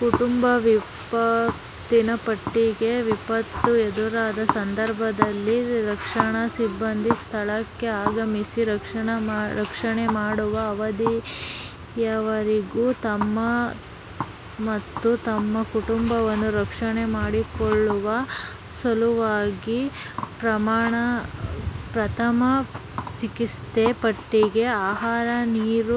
ಕುಟುಂಬ ವಿಪತ್ತಿನ ಪಟ್ಟಿಗೆ: ವಿಪತ್ತು ಎದುರಾದ ಸಂದರ್ಭದಲ್ಲಿ ರಕ್ಷಣಾ ಸಿಬ್ಬಂದಿ ಸ್ಥಳಕ್ಕೆ ಆಗಮಿಸಿ ರಕ್ಷಣೆ ಮಾಡುವ ಅವಧಿಯವರೆಗೂ ತಮ್ಮ ಮತ್ತು ತಮ್ಮ ಕುಟುಂಬವನ್ನು ರಕ್ಷಣೆ ಮಾಡಿಕೊಳ್ಳುವ ಸಲುವಾಗಿ ಪ್ರಥಮ ಚಿಕಿತ್ಸೆ ಪೆಟ್ಟಿಗೆ, ಆಹಾರ, ನೀರು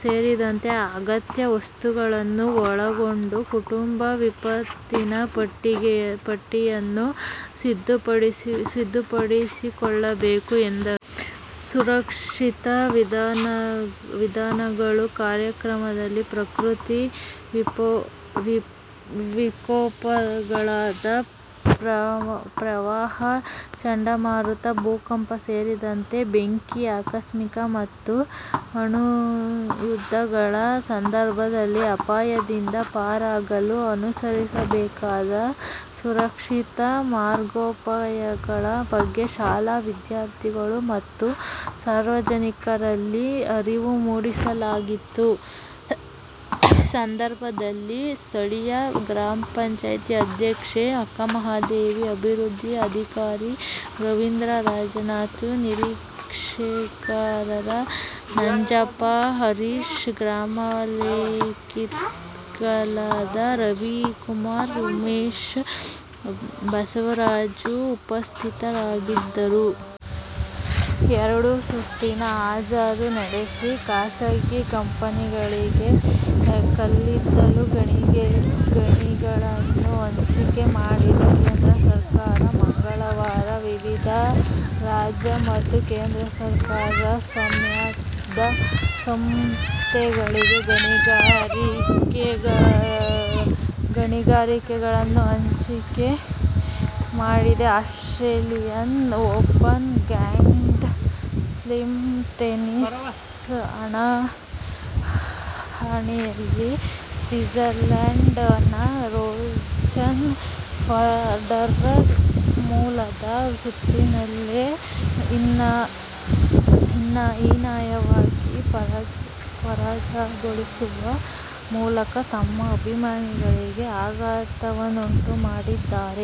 ಸೇರಿದಂತೆ ಅಗತ್ಯ ವಸ್ತುಗಳನ್ನು ಒಳಗೊಂಡ ಕುಟುಂಬ ವಿಪತ್ತಿನ ಪಟ್ಟಿಗೆಯನ್ನು ಸಿದ್ಧಪಡಿಸಿಕೊಳ್ಳಬೇಕು ಎಂದರು. ಸುರಕ್ಷಿತ ವಿಧಾನಗಳು: ಕಾರ್ಯಕ್ರಮದಲ್ಲಿ ಪ್ರಕೃತಿ ವಿಕೋಪಗಳಾದ ಪ್ರವಾಹ ಚಂಡಮಾರುತ, ಭೂಕಂಪ ಸೇರಿದಂತೆ ಬೆಂಕಿ ಆಕಸ್ಮಿಕ ಮತು ಅಣುಯುದ್ಧಗಳ ಸಂದರ್ಭಗಳಲ್ಲಿ ಅಪಾಯದಿಂದ ಪಾರಾಗಲು ಅನುಸರಿಸಬೇಕಾದ ಸುರಕ್ಷಿತ ಮಾರ್ಗೋಪಾಯಗಳ ಬಗ್ಗೆ ಶಾಲಾ ವಿದ್ಯಾರ್ಥಿಗಳು ಮತ್ತು ಸಾರ್ವಜನಿಕರಲ್ಲಿ ಅರಿವು ಮೂಡಿಸಲಾಯಿತು. ಸಂದರ್ಭದಲ್ಲಿ ಸ್ಥಳೀಯ ಗ್ರಾಪಂ ಅಧ್ಯಕ್ಷೆ ಅಕ್ಕಮಹಾದೇವಿ, ಅಭಿವೃದ್ಧಿ ಅಧಿಕಾರಿ ರವೀಂದ್ರ, ರಾಜಸ್ವ ನಿರೀಕ್ಷಕರ ನಂಜಪ್ಪ, ಹರೀಶ್, ಗ್ರಾಮಲೆಕ್ಕಿಗರಾದ ರವಿಕುಮಾರ್ ಉಮೇಶ್, ಬಸವರಾಜು ಉಪಸ್ಥಿತರಿದ್ದರು. ಎರಡು ಸುತ್ತಿನ ಹರಾಜು ನಡೆಸಿ ಖಾಸಗಿ ಕಂಪನಿಗಳಿಗೆ ಕಲ್ಲಿದ್ದಲು ಗಣಿಗಳನ್ನು ಹಂಚಿಕೆ ಮಾಡಿದ್ದ ಕೇಂದ್ರ ಸರ್ಕಾರ, ಮಂಗಳವಾರ ವಿವಿಧ ರಾಜ್ಯ ಮತ್ತು ಕೇಂದ್ರ ಸರ್ಕಾರಿ ಸ್ವಾಮ್ಯದ ಸಂಸ್ಥೆಗಳಿಗೆ ಗಣಿಗಳನ್ನು ಹಂಚಿಕೆ ಮಾಡಿದೆ. Australian open grand slam tennis ಹಣಾಹಣಿಯಲ್ಲಿ ಸ್ವಿಜರ್ಲೆಂಡ್ ನ ರೋಜರ್ ಫೆಡರರ್ ಮೊದಲ ಸುತ್ತಿನಲ್ಲೇ ಹೀನಾಯವಾಗಿ ಪರಾಜಯಗೊಳ್ಳುವ ಮೂಲಕ ತಮ್ಮ ಅಭಿಮಾನಿಗಳಿಗೆ ಆಘಾತವನ್ನುಂಟು ಮಾಡಿದ್ದಾರೆ.